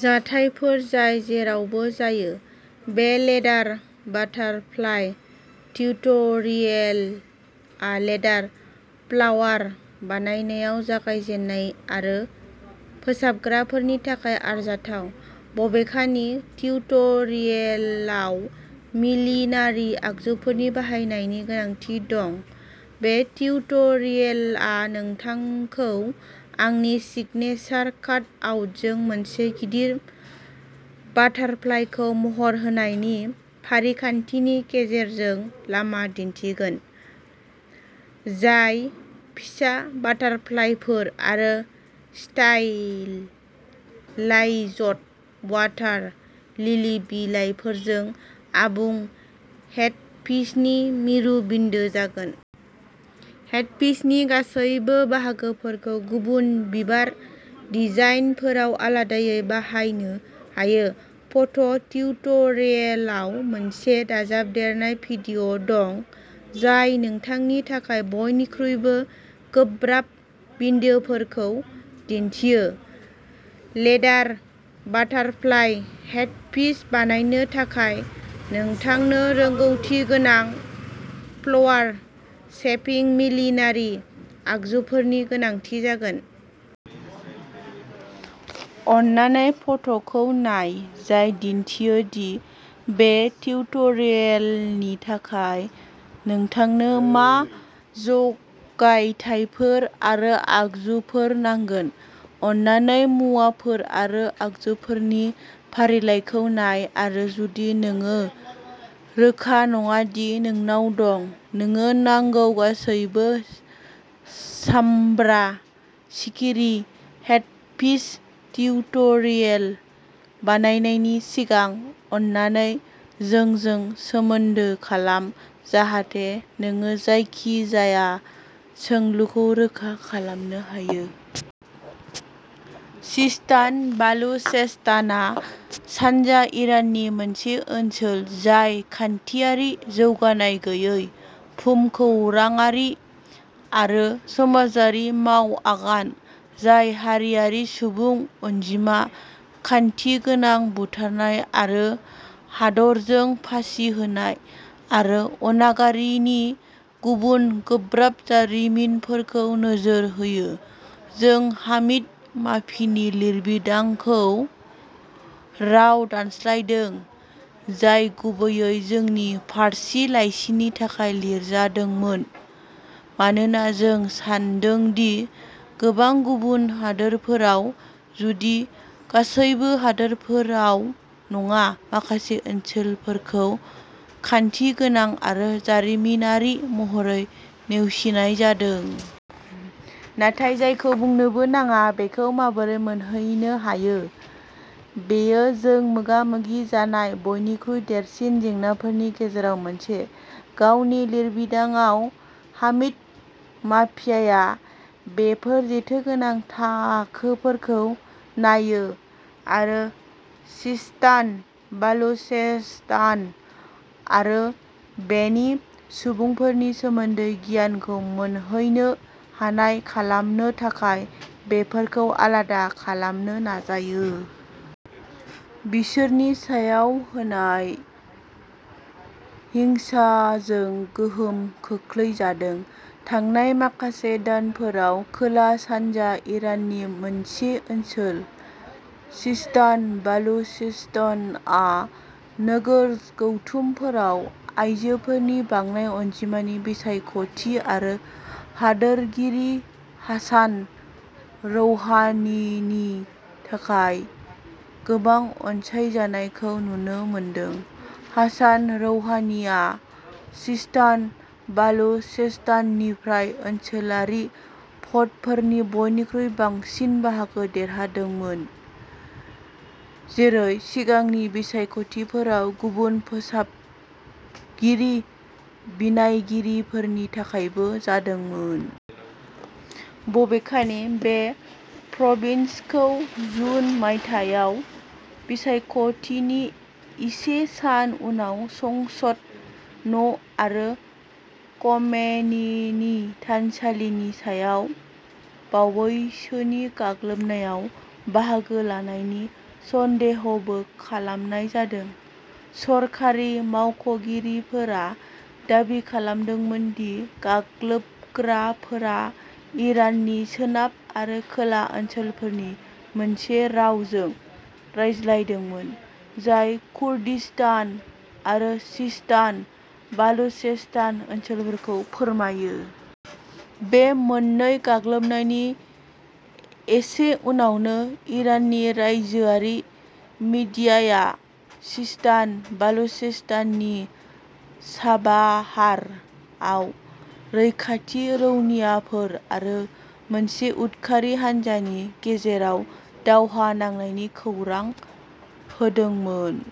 जाथायफोर जाय जेरावबो जायो। बे लेदार बाटारफ्लाइ टिउटरियेलआ लेदार फ्लावार बानायनायाव जागायजेननाय आरो फोसाबग्राफोरनि थाखाय आरजाथाव। बबेखानि टिउटरियेलाव मिलिनारि आगजुफोरनि बाहायनायनि गोनांथि दं। बे टिउटरियेलआ नोंथांखौ आंनि सिगनेसार काट आउटजों मोनसे गिदिर बाटारफ्लाइखौ महर होनायनि फारिखान्थिनि गेजेरजों लामा दिन्थिगोन जाय फिसा बाटारफ्लाइफोर आरो स्टाइलाइज्ड अवाटार लिलि बिलाइफोरजों आबुं हेडपिसनि मिरु बिन्दो जागोन। हेडपिसनि गासैबो बाहागोफोरखौ गुबुन बिबार डिजाइनफोराव आलादायै बाहायनो हायो। फट' टिउटरियेलाव मोनसे दाजाबदेरनाय भिडिअ दं जाय नोंथांनि थाखाय बयनिख्रुइबो गोब्राब बिन्दोफोरखौ दिन्थियो। लेदार बाटारफ्लाइ हेडपिस बानायनो थाखाय नोंथांनो रोंगौथिगोनां फ्लावार शेपिं मिलिनारि आगजुफोरनि गोनांथि जागोन। अननानै फट'खौ नाय जाय दिन्थियो दि बे टिउटरियेलनि थाखाय नोंथांनो मा जगायथायफोर आरो आगजुफोर नांगोन। अननानै मुवाफोर आरो आगजुफोरनि फारिलाइखौ नाय आरो जुदि नोङो रोखा नङा दि नोंनाव दं। नोङो नांगौ गासैबो, सामब्रा सिखिरि हेडपिस टिउटरियेल बायनायनि सिगां अननानै जोंजों सोमोन्दो खालाम, जाहाथे नोङो जायखिजाया सोंलुखौ रोखा खालामनो हायो। सिस्तान बालुचेस्तानआ सानजा इराननि मोनसे ओनसोल जाय खान्थियारि जौगानाय गैयै, भुमखौराङारि आरो समाजारि मावआगान, जाय हारिआरि सुबुं अनजिमा, खान्थि गोनां बुथारनाय आरो हादरजों फासि होनाय आरो अनागारिनि गुबुन गोब्राब जारिमिनफोरखौ नोजोर होयो। जों हामिद माफिनि लिरबिदांखौ राव दानस्लायदों, जाय गुबैयै जोंनि फारसि लाइसिनि थाखाय लिरजादोंमोन, मानोना जों सान्दों दि गोबां गुबुन हादोरफोराव, जुदि गासैबो हादोरफोराव नङा, माखासे ओनसोलफोरखौ खानथि गोनां आरो जारिमिनारि महरै नेवसिनाय जादों। नाथाय जायखौ बुंनोबो नाङा बेखौ माबोरै मोनहैनो हायो? बेयो जों मोगा मोगि जानाय बयनिख्रुइ देरसिन जेंनाफोरनि गेजेराव मोनसे। गावनि लिरबिदांआव, हामिद माफिया बेफोर जेथोगोनां थाखोफोरखौ नायो आरो सिस्तान बालुचेस्तान आरो बेनि सुबुंफोरनि सोमोन्दै गियानखौ मोनहैनो हानाय खालामनो थाखाय बेफोरखौ आलादा खालामनो नाजायो। बिसोरनि सायाव होनाय हिंसाजों गोहोम खोख्लैजादों। थांनाय माखासे दानफोराव, खोला-सानजा इराननि मोनसे ओनसोल, सिस्तान बालुचेस्तानआ नोगोर गौथुमफोराव आइजोफोरनि बांनाय अनजिमानि बिसायख'थि आरो हादोरगिरि हासान रौहानिनि थाखाय गोबां अनसायजानायखौ नुनो मोनदों। हसन रौहानिआ सिस्तान बालुचेस्ताननिफ्राय ओनसोलारि भ'टफोरनि बयनिख्रुइ बांसिन बाहागो देरहादोंमोन, जेरै सिगांनि बिसायख'थिफोराव गुबुन फोसाबगिरि बिनायगिरिफोरनि थाखायबो जादोंमोन। बबेखानि, बे प्रभिन्सखौ जुन मायथाइयाव बिसायख'थिनि इसे सान उनाव संसद न'आरो ख'मेनिनि थानसालिनि सायाव बावैसोनि गाग्लोबनायाव बाहागो लानायनि सन्देहबो खालामनाय जादों। सरखारि मावख'गिरिफोरा दाबि खालामदोंमोन दि गाग्लोबग्राफोरा इराननि सोनाब आरो खोला ओनसोलफोरनि मोनसे रावजों रायज्लायदोंमोन जाय कुर्दिस्तान आरो सिस्तान बालुचेस्तान ओनसोलफोरखौ फोरमायो। बे मोननै गाग्लोबनायनि एसे उनावनो, इराननि रायजोआरि मिडियाया सिस्तान बालुचेस्ताननि चाबाहारआव रैखाथि रौनियाफोर आरो मोनसे उदखारि हानजानि गेजेराव दावहा नांनायनि खौरां होदोंमोन।